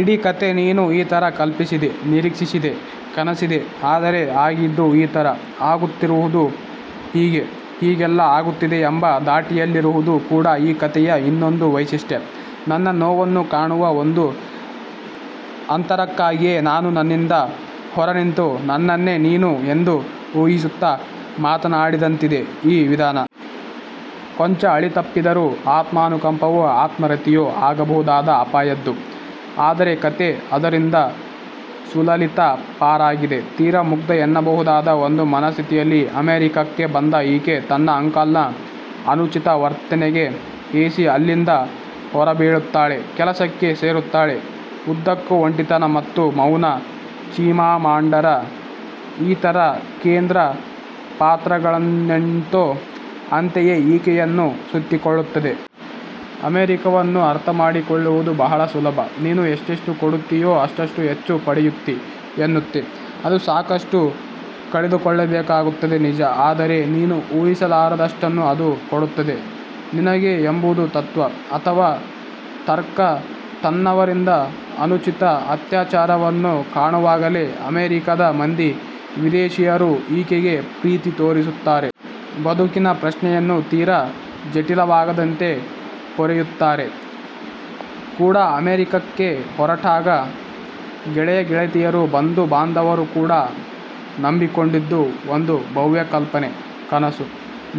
ಇಡೀ ಕತೆ ನೀನು ಈ ತರ ಕಲ್ಪಿಸಿದೆ, ನಿರೀಕ್ಷಿಸಿದೆ, ಕನಸಿದೆ ಆದರೆ ಆಗಿದ್ದು ಈ ತರ, ಆಗುತ್ತಿರುವುದು ಹೀಗೆ, ಹೀಗೆಲ್ಲ ಆಗುತ್ತಿದೆ ಎಂಬ ಧಾಟಿಯಲ್ಲಿರುವುದು ಕೂಡ ಈ ಕಥೆಯ ಇನ್ನೊಂದು ವೈಶಿಷ್ಟ್ಯ. ನನ್ನ ನೋವನ್ನು ಕಾಣುವ ಒಂದು ಅಂತರಕ್ಕಾಗಿಯೇ ನಾನು ನನ್ನಿಂದ ಹೊರನಿಂತು ನನ್ನನ್ನೇ ನೀನು ಎಂದು ಊಹಿಸುತ್ತ ಮಾತನಾಡಿದಂತಿದೆ ಈ ವಿಧಾನ. ಕೊಂಚ ಹಳಿತಪ್ಪಿದರೂ ಆತ್ಮಾನುಕಂಪವೋ, ಆತ್ಮರತಿಯೋ ಆಗಬಹುದಾದ ಅಪಾಯದ್ದು. ಆದರೆ ಕತೆ ಅದರಿಂದ ಸುಲಲಿತ ಪಾರಾಗಿದೆ. ತೀರ ಮುಗ್ಧ ಎನ್ನಬಹುದಾದ ಒಂದು ಮನಸ್ಥಿತಿಯಲ್ಲಿ ಅಮೆರಿಕಕ್ಕೆ ಬಂದ ಈಕೆ ತನ್ನ ಅಂಕಲ್ನ ಅನುಚಿತ ವರ್ತನೆಗೆ ಹೇಸಿ ಅಲ್ಲಿಂದ ಹೊರಬೀಳುತ್ತಾಳೆ. ಕೆಲಸಕ್ಕೆ ಸೇರುತ್ತಾಳೆ. ಉದ್ದಕ್ಕೂ ಒಂಟಿತನ ಮತ್ತು ಮೌನ ಚಿಮಾಮಾಂಡರ ಇತರ ಕೇಂದ್ರ ಪಾತ್ರಗಳನ್ನೆಂತೋ ಅಂತೆಯೇ ಈಕೆಯನ್ನೂ ಸುತ್ತಿಕೊಳ್ಳುತ್ತದೆ. 'ಅಮೆರಿಕವನ್ನು ಅರ್ಥಮಾಡಿಕೊಳ್ಳುವುದು ಬಹಳ ಸುಲಭ! ನೀನು ಎಷ್ಟೆಷ್ಟು ಕೊಡುತ್ತೀಯೋ ಅಷ್ಟಷ್ಟು ಹೆಚ್ಚು ಪಡೆಯುತ್ತೀ ಎನ್ನುತ್ತೆ ಅದು ಸಾಕಷ್ಟು ಕಳೆದುಕೊಳ್ಳಬೇಕಾಗುತ್ತೆ ನಿಜ. ಆದರೆ ನೀನು ಊಹಿಸಲಾರದಷ್ಟನ್ನು ಅದು ಕೊಡುತ್ತದೆ ನಿನಗೆ ಎಂಬುದು ತತ್ವ. ಅಥವಾ ತರ್ಕ ತನ್ನವರಿಂದ ಅನುಚಿತ ಅತ್ಯಾಚಾರವನ್ನು ಕಾಣುವಾಗಲೇ ಅಮೆರಿಕದ ಮಂದಿ ವಿದೇಶೀಯರು ಈಕೆಗೆ ಪ್ರೀತಿ ತೋರಿಸುತ್ತಾರೆ. ಬದುಕಿನ ಪ್ರಶ್ನೆಯನ್ನು ತೀರ ಜಟಿಲವಾಗದಂತೆ ಪೊರೆಯುತ್ತಾರೆ ಕೂಡ ಅಮೆರಿಕಕ್ಕೆ ಹೊರಟಾಗ ಗೆಳೆಯ ಗೆಳತಿಯರು, ಬಂಧು ಬಾಂಧವರು ಕೂಡ ನಂಬಿಕೊಂಡಿದ್ದು ಒಂದು ಭವ್ಯ ಕಲ್ಪನೆ, ಕನಸು,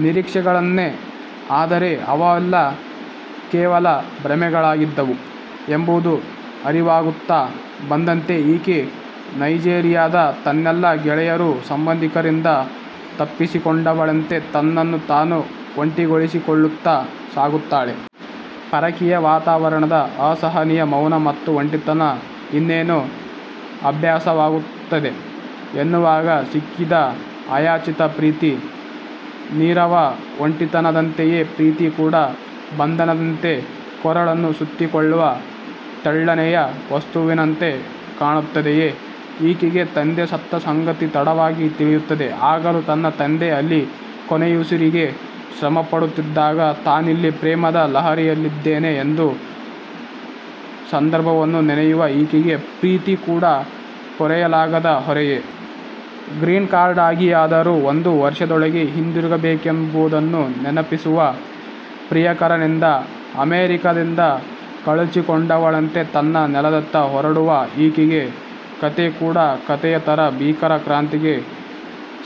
ನಿರೀಕ್ಷೆಗಳನ್ನೇ ಆದರೆ ಅವೆಲ್ಲ ಕೇವಲ ಭ್ರಮೆಗಳಾಗಿದ್ದವು ಎಂಬುದು ಅರಿವಾಗುತ್ತ ಬಂದಂತೆ ಈಕೆ ನೈಜೀರಿಯಾದ ತನ್ನೆಲ್ಲಾ ಗೆಳೆಯರು-ಸಂಬಂಧಿಕರಿಂದ ತಪ್ಪಿಸಿಕೊಂಡವಳಂತೆ ತನ್ನನ್ನು ತಾನು ಒಂಟಿಗೊಳಿಸಿಕೊಳ್ಳುತ್ತ ಸಾಗುತ್ತಾಳೆ. ಪರಕೀಯ ವಾತಾವರಣದ ಅಸಹನೀಯ ಮೌನ ಮತ್ತು ಒಂಟಿತನ ಇನ್ನೇನು ಅಭ್ಯಾಸವಾಗುತ್ತದೆ ಎನ್ನುವಾಗ ಸಿಕ್ಕಿದ ಅಯಾಚಿತ ಪ್ರೀತಿ. ನೀರವ ಒಂಟಿತನದಂತೆಯೇ ಪ್ರೀತಿ ಕೂಡ ಬಂಧನದಂತೆ ಕೊರಳನ್ನು ಸುತ್ತಿಕೊಳ್ಳುವ ತೆಳ್ಳನೆಯ ವಸ್ತುವಿನಂತೆ ಕಾಣುತ್ತದೆಯೆ ಈಕೆಗೆ ತಂದೆ ಸತ್ತ ಸಂಗತಿ ತಡವಾಗಿ ತಿಳಿಯುತ್ತದೆ. ಆಗಲೂ ತನ್ನ ತಂದೆ ಅಲ್ಲಿ ಕೊನೆಯುಸಿರಿಗೆ ಶ್ರಮಪಡುತ್ತಿದ್ದಾಗ ತಾನಿಲ್ಲಿ ಪ್ರೇಮದ ಲಹರಿಯಲ್ಲಿದ್ದೆನೆ ಎಂದು ಸಂದರ್ಭವನ್ನು ನೆನೆಯುವ ಈಕೆಗೆ ಪ್ರೀತಿ ಕೂಡ ಪೊರೆಯಲಾಗದ ಹೊರೆಯೇ. ಗ್ರೀನ್ಕಾರ್ಡ್ಗಾಗಿಯಾದರೂ ಒಂದು ವರ್ಷದೊಳಗೇ ಹಿಂದಿರುಗಬೇಕೆಂಬುದನ್ನು ನೆನಪಿಸುವ ಪ್ರಿಯಕರನಿಂದ ಅಮೆರಿಕದಿಂದ ಕಳಚಿಕೊಂಡವಳಂತೆ ತನ್ನ ನೆಲದತ್ತ ಹೊರಡುವ ಈಕೆಯ ಕತೆ ಕೂಡಾ ಕತೆಯ ತರ ಬೀಕರ ಕ್ರಾಂತಿಗೆ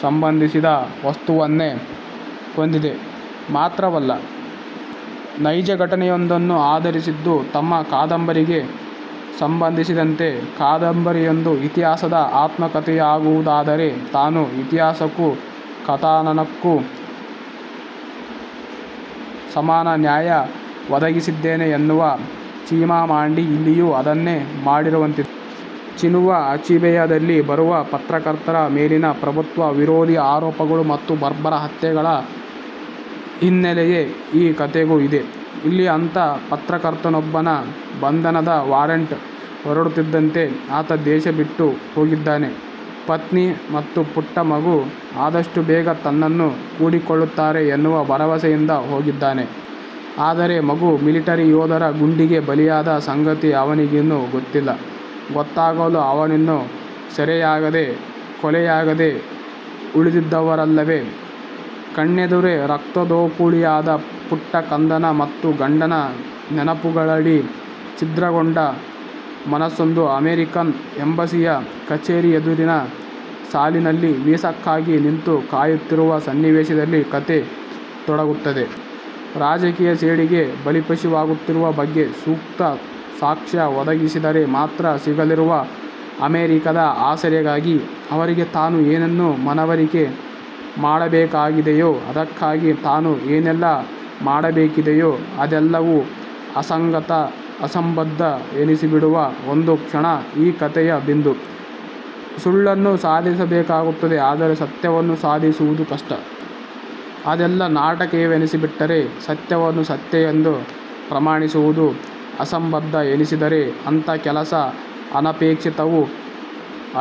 ಸಂಬಂಧಿಸಿದ ವಸ್ತುವನ್ನೇ ಹೊಂದಿದೆ ಮಾತ್ರವಲ್ಲ ನೈಜಘಟನೆಯೊಂದನ್ನು ಆಧರಿಸಿದ್ದು. ತಮ್ಮ ಕಾದಂಬರಿಗೆ ಸಂಬಂಧಿಸಿದಂತೆ 'ಕಾದಂಬರಿಯೊಂದು ಇತಿಹಾಸದ ಆತ್ಮಕಥೆಯಾಗುವುದಾದರೆ ತಾನು ಇತಿಹಾಸಕ್ಕೂ ಕಥಾನಕಕ್ಕೂ ಸಮಾನ ನ್ಯಾಯ ಒದಗಿಸಿದ್ದೇನೆ' ಎನ್ನುವ ಚಿಮಾಮಾಂಡ ಇಲ್ಲಿಯೂ ಅದನ್ನೇ ಮಾಡಿರುವಂತಿದೆ. ಚಿನುವ ಅಚೀಬೆಯದಲ್ಲಿ ಬರುವ ಪತ್ರಕರ್ತರ ಮೇಲಿನ ಪ್ರಭುತ್ವ ವಿರೋಧಿ ಆರೋಪಗಳು ಮತ್ತು ಬರ್ಬರ ಹತ್ಯೆಗಳ ಹಿನ್ನೆಲೆಯೇ ಈ ಕತೆಗೂ ಇದೆ. ಇಲ್ಲಿ ಅಂಥ ಪತ್ರಕರ್ತನೊಬ್ಬನ ಬಂಧನದ ವಾರಂಟ್ ಹೊರಡುತ್ತಿದ್ದಂತೆ ಆತ ದೇಶ ಬಿಟ್ಟು ಹೋಗಿದ್ದಾನೆ. ಪತ್ನಿ ಮತ್ತು ಪುಟ್ಟ ಮಗು ಆದಷ್ಟು ಬೇಗ ತನ್ನನ್ನು ಕೂಡಿಕೊಳ್ಳುತ್ತಾರೆ ಎನ್ನುವ ಭರವಸೆಯಿಂದ ಹೋಗಿದ್ದಾನೆ. ಆದರೆ ಮಗು ಮಿಲಿಟರಿ ಯೋಧರ ಗುಂಡಿಗೆ ಬಲಿಯಾದ ಸಂಗತಿ ಅವನಿಗಿನ್ನೂ ಗೊತ್ತಿಲ್ಲ. ಗೊತ್ತಾಗಲು ಅವನಿನ್ನೂ ಸೆರೆಯಾಗದೆ, ಕೊಲೆಯಾಗದೆ ಉಳಿದಿದ್ದರಲ್ಲವೆ ಕಣ್ಣೆದುರೇ ರಕ್ತದೋಕುಳಿಯಾದ ಪುಟ್ಟ ಕಂದನ ಮತ್ತು ಗಂಡನ ನೆನಪುಗಳಡಿ ಛಿದ್ರಗೊಂಡ ಮನಸ್ಸೊಂದು ಅಮೆರಿಕನ್ ಎಂಬಸಿಯ ಕಛೇರಿ ಎದುರಿನ ಸಾಲಿನಲ್ಲಿ ವೀಸಾಕ್ಕಾಗಿ ನಿಂತು ಕಾಯುತ್ತಿರುವ ಸನ್ನಿವೇಶದಲ್ಲಿ ಕತೆ ತೊಡಗುತ್ತದೆ. ರಾಜಕೀಯ ಸೇಡಿಗೆ ಬಲಿಪಶುವಾಗುತ್ತಿರುವ ಬಗ್ಗೆ ಸೂಕ್ತ ಸಾಕ್ಷ್ಯ ಒದಗಿಸಿದರೆ ಮಾತ್ರ ಸಿಗಲಿರುವ ಅಮೆರಿಕದ ಆಸರೆಗಾಗಿ ಅವರಿಗೆ ತಾನು ಏನನ್ನು ಮನವರಿಕೆ ಮಾಡಬೇಕಾಗಿದೆಯೋ, ಅದಕ್ಕಾಗಿ ತಾನು ಏನೇನೆಲ್ಲ ಆಡಬೇಕಿದೆಯೋ ಅದೆಲ್ಲವೂ ಅಸಂಗತ, ಅಸಂಬದ್ಧ ಎನಿಸಿಬಿಡುವ ಒಂದು ಕ್ಷಣ ಈ ಕತೆಯ ಬಿಂದು. ಸುಳ್ಳನ್ನು ಸಾಧಿಸಬೇಕಾಗುತ್ತದೆ ಆದರೆ ಸತ್ಯವನ್ನು ಸಾಧಿಸುವುದು ಕಷ್ಟ. ಅದೆಲ್ಲ ನಾಟಕೀಯವೆನಿಸಿಬಿಟ್ಟರೆ ಸತ್ಯವನ್ನು ಸತ್ಯ ಎಂದು ಪ್ರಮಾಣಿಸುವುದು ಅಸಂಬದ್ಧ ಎನಿಸಿದರೆ ಅಂಥ ಕೆಲಸ ಅನಪೇಕ್ಷಿತವೂ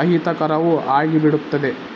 ಅಹಿತಕರವೂ ಆಗಿಬಿಡುತ್ತದೆ.